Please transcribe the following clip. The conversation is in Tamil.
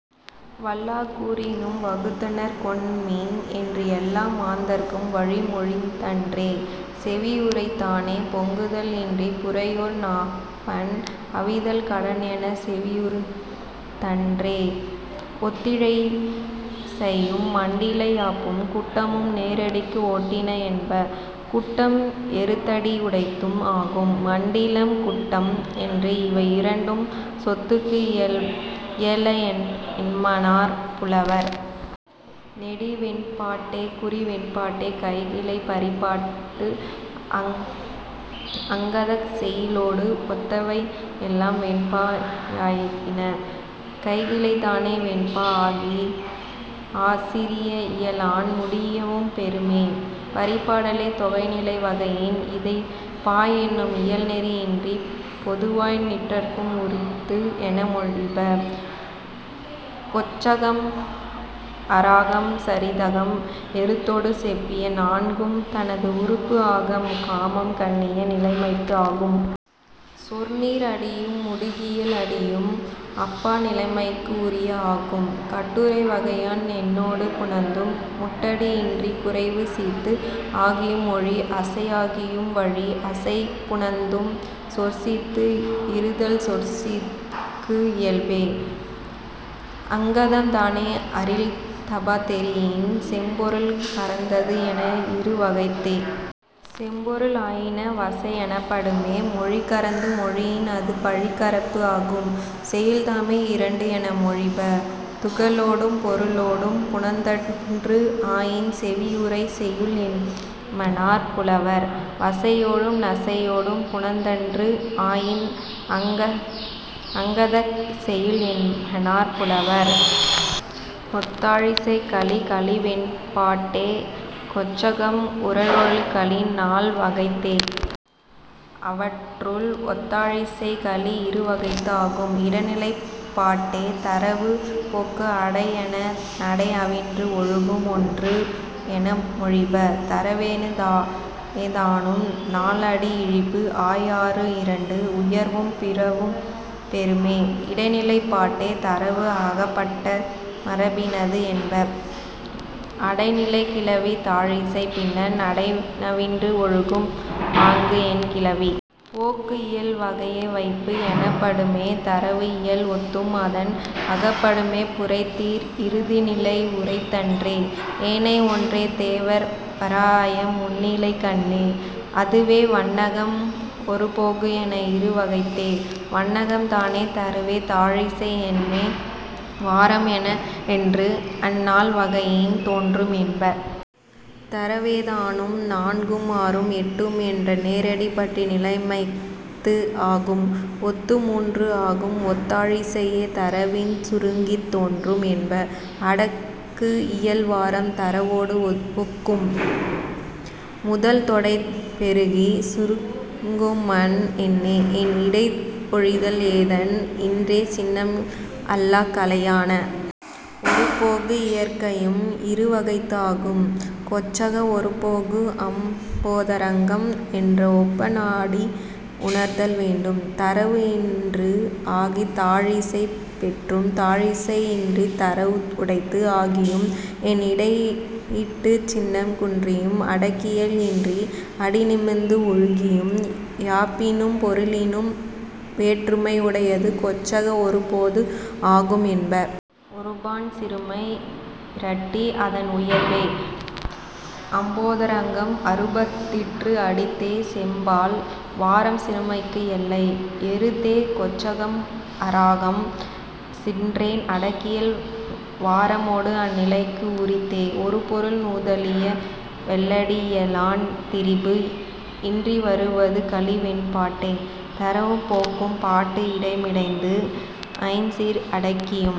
வல்லா கூறினும் வகுத்தனர் கொண்மின் என்று எல்லா மாந்தர்க்கும் வழி மொழிந்தன்றே. செவியுறைதானே, பொங்குதல் இன்றி புரையோர் நாப்பண் அவிதல் கடன் எனச் செவியுறுத்தன்றே. ஒத்தாழிசையும் மண்டில யாப்பும் குட்டமும் நேரடிக்கு ஒட்டின என்ப. குட்டம் எருத்தடி உடைத்தும் ஆகும். மண்டிலம் குட்டம் என்று இவை இரண்டும் செந்தூக்கு இயல என்மனார் புலவர். நெடுவெண்பாட்டே குறுவெண்பாட்டே கைக்கிளை பரிபாட்டு அங்கதச் செய்யுளொடு ஒத்தவை எல்லாம் வெண்பா யாப்பின. கைக்கிளைதானே வெண்பா ஆகி ஆசிரிய இயலான் முடியவும் பெறுமே. பரிபாடல்லே தொகை நிலை வகையின் இது பா என்னும் இயல் நெறி இன்றி பொதுவாய் நிற்றற்கும் உரித்து என மொழிப. கொச்சகம் அராகம் சுரிதகம் எருத்தொடு செப்பிய நான்கும் தனக்கு உறுப்பு ஆக காமம் கண்ணிய நிலைமைத்து ஆகும். சொற்சீர் அடியும் முடுகியல் அடியும் அப் பா நிலைமைக்கு உரிய ஆகும். கட்டுரை வகையான் எண்ணொடு புணர்ந்தும் முட்டடி இன்றிக் குறைவு சீர்த்து ஆகியும் மொழி அசை ஆகியும் வழி அசை புணர்ந்தும் சொற்சீர்த்து இறுதல் சொற்சீர்க்கு இயல்பே. அங்கதம்தானே அரில் தபத் தெரியின் செம்பொருள் கரந்தது என இரு வகைத்தே. செம்பொருள் ஆயின வசை எனப்படுமே. மொழி கரந்து மொழியின் அது பழிகரப்பு ஆகும். செய்யுள்தாமே இரண்டு என மொழிப. துகளொடும் பொருளொடும் புணர்ந்தன்று ஆயின் செவியுறைச் செய்யுள் என்மனார் புலவர். வசையொடும் நசையொடும் புணர்ந்தன்று ஆயின் அங்கதச் செய்யுள் என்மனார் புலவர். ஒத்தாழிசைக்கலி கலிவெண்பாட்டே கொச்சகம் உறழொடு கலி நால் வகைத்தே. அவற்றுள், ஒத்தாழிசைக்கலி இரு வகைத்து ஆகும். இடைநிலைப்பாட்டே தரவு போக்கு அடை என நடை நவின்று ஒழுகும் ஒன்று என மொழிப. தரவேதானும் நால் அடி இழிபு ஆய் ஆறு இரண்டு உயர்வும் பிறவும் பெறுமே. இடைநிலைப்பாட்டே, தரவு அகப்பட்ட மரபினது என்ப. அடை நிலைக் கிளவி தாழிசைப் பின்னர் நடை நவின்று ஒழுகும் ஆங்கு என் கிளவி. போக்கு இயல் வகையே வைப்பு எனப்படுமே தரவு இயல் ஒத்தும் அதன் அகப்படுமே புரை தீர் இறுதி நிலை உரைத்தன்றே. ஏனை ஒன்றே, தேவர்ப் பராஅய முன்னிலைக்கண்ணே. அதுவே, வண்ணகம் ஒருபோகு என இரு வகைத்தே. வண்ணகம்தானே, தரவே தாழிசை எண்ணே வாரம் என்று அந் நால் வகையின் தோன்றும் என்ப. தரவேதானும், நான்கும் ஆறும் எட்டும் என்ற நேரடி பற்றிய நிலைமைத்து ஆகும். ஒத்து மூன்று ஆகும் ஒத்தாழிசையே தரவின் சுருங்கித் தோன்றும் என்ப. அடக்கு இயல் வாரம் தரவொடு ஒக்கும். முதல் தொடை பெருகிச் சுருங்குமன் எண்ணே. எண் இடை ஒழிதல் ஏதம் இன்றே சின்னம் அல்லாக் காலையான. ஒருபோகு இயற்கையும் இரு வகைத்து ஆகும். கொச்சக ஒருபோகு அம்போதரங்கம் என்று ஒப்ப நாடி உணர்தல் வேண்டும். தரவு இன்று ஆகித் தாழிசை பெற்றும் தாழிசை இன்றித் தரவு உடைத்து ஆகியும் எண் இடை இட்டுச் சின்னம் குன்றியும் அடக்கியல் இன்றி அடி நிமிர்ந்து ஒழுகியும் யாப்பினும் பொருளினும் வேற்றுமை உடையது கொச்சக ஒருபோகு ஆகும் என்ப. ஒருபான் சிறுமை இரட்டி அதன் உயர்பே. அம்போதரங்கம் அறுபதிற்று அடித்தே செம்பால் வாரம் சிறுமைக்கு எல்லை. எருத்தே கொச்சகம் அராகம் சிற்றெண் அடக்கியல் வாரமொடு அந் நிலைக்கு உரித்தே. ஒரு பொருள் நுதலிய வெள்ளடி இயலான் திரிபு இன்றி வருவது கலிவெண்பாட்டே. தரவும் போக்கும் பாட்டு இடை மிடைந்தும் ஐஞ் சீர் அடுக்கியும்